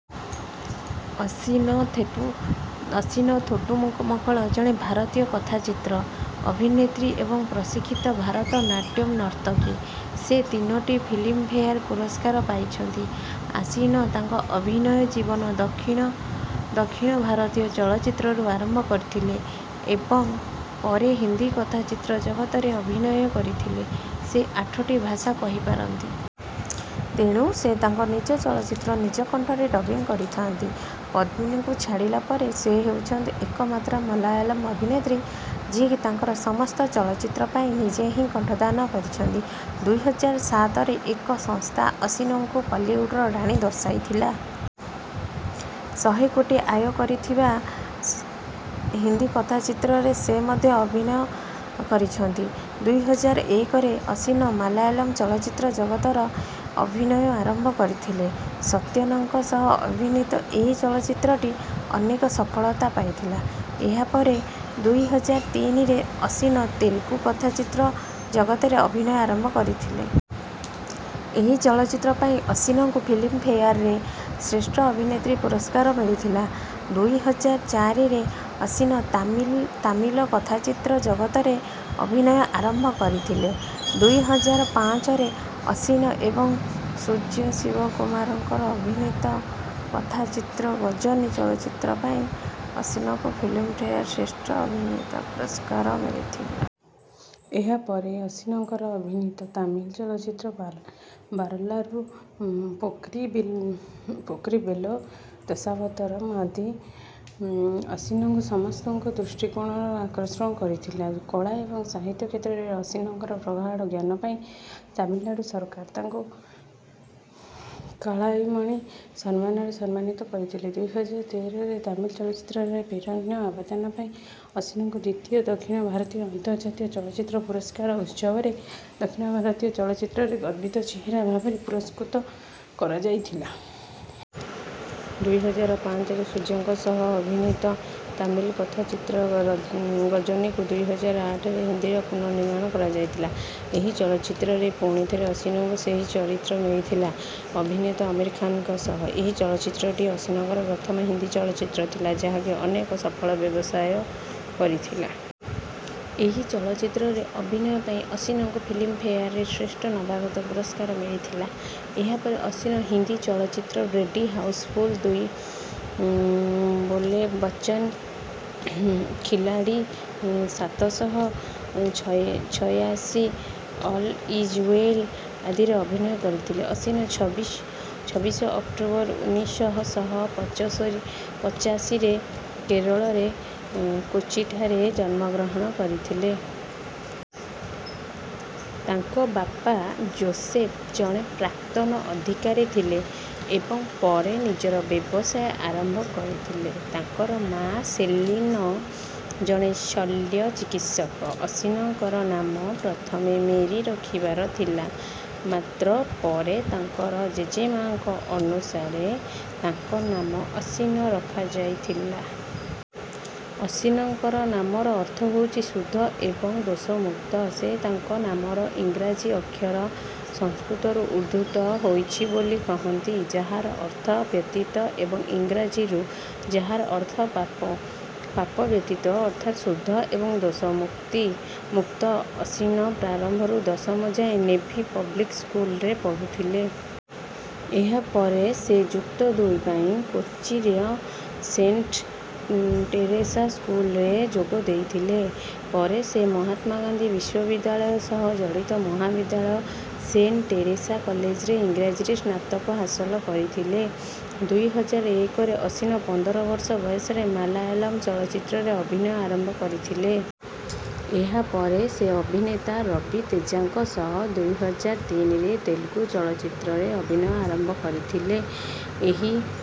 ଅସିନ ଥେଟୁ ଅସିନ ଥୋଟ୍ଟୁମକଳ ଜଣେ ଭାରତୀୟ କଥାଚିତ୍ର ଅଭିନେତ୍ରୀ ଏବଂ ପ୍ରଶିକ୍ଷିତ ଭାରତନାଟ୍ୟମ ନର୍ତ୍ତକୀ। ସେ ତିନୋଟି ଫିଲ୍ମଫେୟାର ପୁରସ୍କାର ପାଇଛନ୍ତି। ଆସୀନ ତାଙ୍କ ଅଭିନୟ ଜୀବନଦକ୍ଷିଣ ଦକ୍ଷିଣ ଭାରତୀୟ ଚଳଚ୍ଚିତ୍ରରୁ ଆରମ୍ଭ କରିଥିଲେ ଏବଂ ପରେ ହିନ୍ଦୀ କଥାଚିତ୍ର ଜଗତରେ ଅଭିନୟ କରିଥିଲେ। ସେ ଆଠଟି ଭାଷା କହିପାରନ୍ତି। ତେଣୁ ସେ ତାଙ୍କ ନିଜ ଚଳଚ୍ଚିତ୍ର ନିଜ କଣ୍ଠରେ ଡବିଂ କରିଥାନ୍ତି। ପଦ୍ମିନୀଙ୍କୁ ଛାଡ଼ିଲା ପରେ ସେ ହେଉଛନ୍ତି ଏକମାତ୍ର ମଲାୟଲମ ଅଭିନେତ୍ରୀ ଯିଏକି ତାଙ୍କର ସମସ୍ତ ଚଳଚ୍ଚିତ୍ର ପାଇଁ ନିଜେ ହିଁ କଣ୍ଠଦାନ କରିଛନ୍ତି। ଦୁଇ ହଜାର ସାତରେ ଏକ ସଂସ୍ଥା ଅସିନଙ୍କୁ କଲିଉଡ଼ର ରାଣୀ ଦର୍ଶାଇଥିଲା। ଶହେ କୋଟି ଆୟ କରିଥିବା ହିନ୍ଦୀ କଥାଚିତ୍ରରେ ସେ ମଧ୍ୟ ଅଭିନୟ କରିଛନ୍ତି। ଦୁଇ ହଜାର ଏକରେ ଅସିନ ମାଲାୟଲମ ଚଳଚ୍ଚିତ୍ର ଜଗତରେ ଅଭିନୟ ଆରମ୍ଭ କରିଥିଲେ। ସତ୍ୟନଙ୍କ ସହ ଅଭିନୀତ ଏହି ଚଳଚ୍ଚିତ୍ରଟି ଅନେକ ସଫଳତା ପାଇଥିଲା। ଏହାପରେ ଦୁଇ ହଜାର ତିନିରେ ଅସିନ ତେଲୁଗୁ କଥାଚିତ୍ର ଜଗତରେ ଅଭିନୟ ଆରମ୍ଭ କରିଥିଲେ। ଏହି ଚଳଚ୍ଚିତ୍ର ପାଇଁ ଅସିନଙ୍କୁ ଫିଲ୍ମଫେୟାରରେ ଶ୍ରେଷ୍ଠ ଅଭିନେତ୍ରୀ ପୁରସ୍କାର ମିଳିଥିଲା। ଦୁଇ ହଜାର ଚାରିରେ ଅସିନ ତାମିଲ ତାମିଲ କଥାଚିତ୍ର ଜଗତରେ ଅଭିନୟ ଆରମ୍ଭ କରିଥିଲେ। ଦୁଇ ହଜାର ପାଞ୍ଚରେ ଅସିନ ଏବଂ ସୂର୍ଯ୍ୟ ଶିବକୁମାରଙ୍କର ଅଭିନୀତ କଥାଚିତ୍ର ଗଜନୀ ଚଳଚ୍ଚିତ୍ର ପାଇଁ ଅସିନଙ୍କୁ ଫିଲ୍ମଫେୟାରରେ ଶ୍ରେଷ୍ଠ ଅଭିନିତ ପୁରସ୍କାର ମିଳିଥିଲା। ଏହାପରେ ଅସିନଙ୍କର ଅଭିନୀତ ତାମିଲ ଚଳଚ୍ଚିତ୍ର ବାରଲାରୁ ପୋକ୍କିରୀ ବେଲ ଦଶାବତାରମ ଆଦି ଅସିନଙ୍କୁ ସମସ୍ତଙ୍କ ଦୃଷ୍ଟି ଆକର୍ଷଣ କରାଇଥିଲା। କଳା ଏବଂ ସାହିତ୍ୟ କ୍ଷେତ୍ରରେ ଅସିନଙ୍କର ପ୍ରଗାଢ଼ ଜ୍ଞାନ ପାଇଁ ତାମିଲନାଡ଼ୁ ସରକାର ତାଙ୍କୁ କାଳାଇମାମଣି ସମ୍ମାନରେ ସମ୍ମାନିତ କରିଥିଲେ। ଦୁଇ ହଜାର ତେରରେ ତାମିଲ ଚଳଚ୍ଚିତ୍ରରେ ବରେଣ୍ୟ ଅବଦାନ ପାଇଁ ଅସିନଙ୍କୁ ଦ୍ୱିତୀୟ ଦକ୍ଷିଣ ଭାରତୀୟ ଆନ୍ତର୍ଜାତୀୟ ଚଳଚ୍ଚିତ୍ର ପୁରସ୍କାର ଉତ୍ସବରେ ଦକ୍ଷିଣ ଭାରତୀୟ ଚଳଚ୍ଚିତ୍ରର ଗର୍ବିତ ଚେହେରା ଭାବରେ ପୁରସ୍କୃତ କରାଯାଇଥିଲା। ଦୁଇ ହଜାର ପାଞ୍ଚରେ ସୂର୍ଯ୍ୟଙ୍କ ସହ ଅଭିନୀତ ତାମିଲ କଥାଚିତ୍ର ଗଜନୀକୁ ଦୁଇ ହଜାର ଆଠରେ ହିନ୍ଦୀରେ ପୁନଃନିର୍ମାଣ କରାଯାଇଥିଲା। ଏହି ଚଳଚ୍ଚିତ୍ରରେ ପୁଣିଥରେ ଅସିନଙ୍କୁ ସେହି ଚରିତ୍ର ମିଳିଥିଲା ଅଭିନେତା ଆମିର ଖାନଙ୍କ ସହ। ଏହି ଚଳଚ୍ଚିତ୍ରଟି ଅସିନଙ୍କର ପ୍ରଥମ ହିନ୍ଦୀ ଚଳଚ୍ଚିତ୍ର ଥିଲା ଯାହାକି ଅନେକ ସଫଳ ବ୍ୟବସାୟ କରିଥିଲା। ଏହି ଚଳଚ୍ଚିତ୍ରରେ ଅଭିନୟ ପାଇଁ ଅସିନଙ୍କୁ ଫିଲ୍ମଫେୟାରରେ ଶ୍ରେଷ୍ଠ ନବାଗତା ପୁରସ୍କାର ମିଳିଥିଲା। ଏହାପରେ ଅସିନ ହିନ୍ଦୀ ଚଳଚ୍ଚିତ୍ର ରେଡ୍ଡି ହାଉସଫୁଲ ଦୁଇ ବୋଲ ବଚନ ଖିଲାଡ଼ି ସାତ ଶହ ଛୟାଶୀ ଅଲ ଇଜ ୱେଲ ଆଦିରେ ଅଭିନୟ କରିଥିଲେ। ଅସିନ ଛବିଶ ଅକ୍ଟୋବର ଉନ୍ନିଶ ଶହ ପଚାଶୀରେ କେରଳର କୋଚିଠାରେ ଜନ୍ମଗ୍ରହଣ କରିଥିଲେ। ତାଙ୍କ ବାପା ଜୋସେଫ ଜଣେ ପ୍ରାକ୍ତନ ଅଧିକାରୀ ଥିଲେ ଏବଂ ପରେ ନିଜର ବ୍ୟବସାୟ ଆରମ୍ଭ କରିଥିଲେ। ତାଙ୍କର ମାଆ ସେଲିନ ଜଣେ ଶଲ୍ୟ ଚିକିତ୍ସକ। ଅସିନଙ୍କର ନାମ ପ୍ରଥମେ ମେରୀ ରଖିବାର ଥିଲା ମାତ୍ର ପରେ ତାଙ୍କର ଜେଜେମାଙ୍କ ଅନୁସାରେ ତାଙ୍କ ନାମ ଅସିନ ରଖାଯାଇଥିଲା। ଅସିନଙ୍କ ନାମର ଅର୍ଥ ହେଉଛି ଶୁଦ୍ଧ ଏବଂ ଦୋଷମୁକ୍ତ। ସେ ତାଙ୍କ ନାମର ଇଂରାଜୀ ଅକ୍ଷର ସଂସ୍କୃତରୁ ଉଦ୍ଧୃତ ହୋଇଛି ବୋଲି କହନ୍ତି ଯାହାର ଅର୍ଥ ବ୍ୟତୀତ ଏବଂ ଇଂରାଜୀରୁ ଯାହାର ଅର୍ଥ ପାପ। ପାପ ବ୍ୟତୀତ ଅର୍ଥାତ ଶୁଦ୍ଧ ଏବଂ ଦୋଷମୁକ୍ତି ମୁକ୍ତ। ଅସିନ ପ୍ରାରମ୍ଭରୁ ଦଶମ ଯାଏଁ ନେଭି ପବ୍ଲିକ ସ୍କୁଲରେ ପଢ଼ୁଥିଲେ। ଏହାପରେ ସେ ଯୁକ୍ତ ଦୁଇ ପାଇଁ କୋଚିର ସେଣ୍ଟ ଟେରେସା ସ୍କୁଲରେ ଯୋଗ ଦେଇଥିଲେ। ପରେ ସେ ମହାତ୍ମା ଗାନ୍ଧୀ ବିଶ୍ୱବିଦ୍ୟାଳୟ ସହ ଜଡ଼ିତ ମହାବିଦ୍ୟାଳୟ ସେଣ୍ଟ ଟେରେସା କଲେଜରେ ଇଂରାଜୀରେ ସ୍ନାତକ ହାସଲ କରିଥିଲେ। ଦୁଇ ହଜାର ଏକରେ ଅସିନ ପନ୍ଦର ବର୍ଷ ବୟସରେ ମାଲାୟଲମ ଚଳଚ୍ଚିତ୍ରରେ ଅଭିନୟ ଆରମ୍ଭ କରିଥିଲେ। ଏହାପରେ ସେ ଅଭିନେତା ରବି ତେଜାଙ୍କ ସହ ଦୁଇ ହଜାର ତିନିରେ ତେଲୁଗୁ ଚଳଚ୍ଚିତ୍ରରେ ଅଭିନୟ ଆରମ୍ଭ କରିଥିଲେ। ଏହି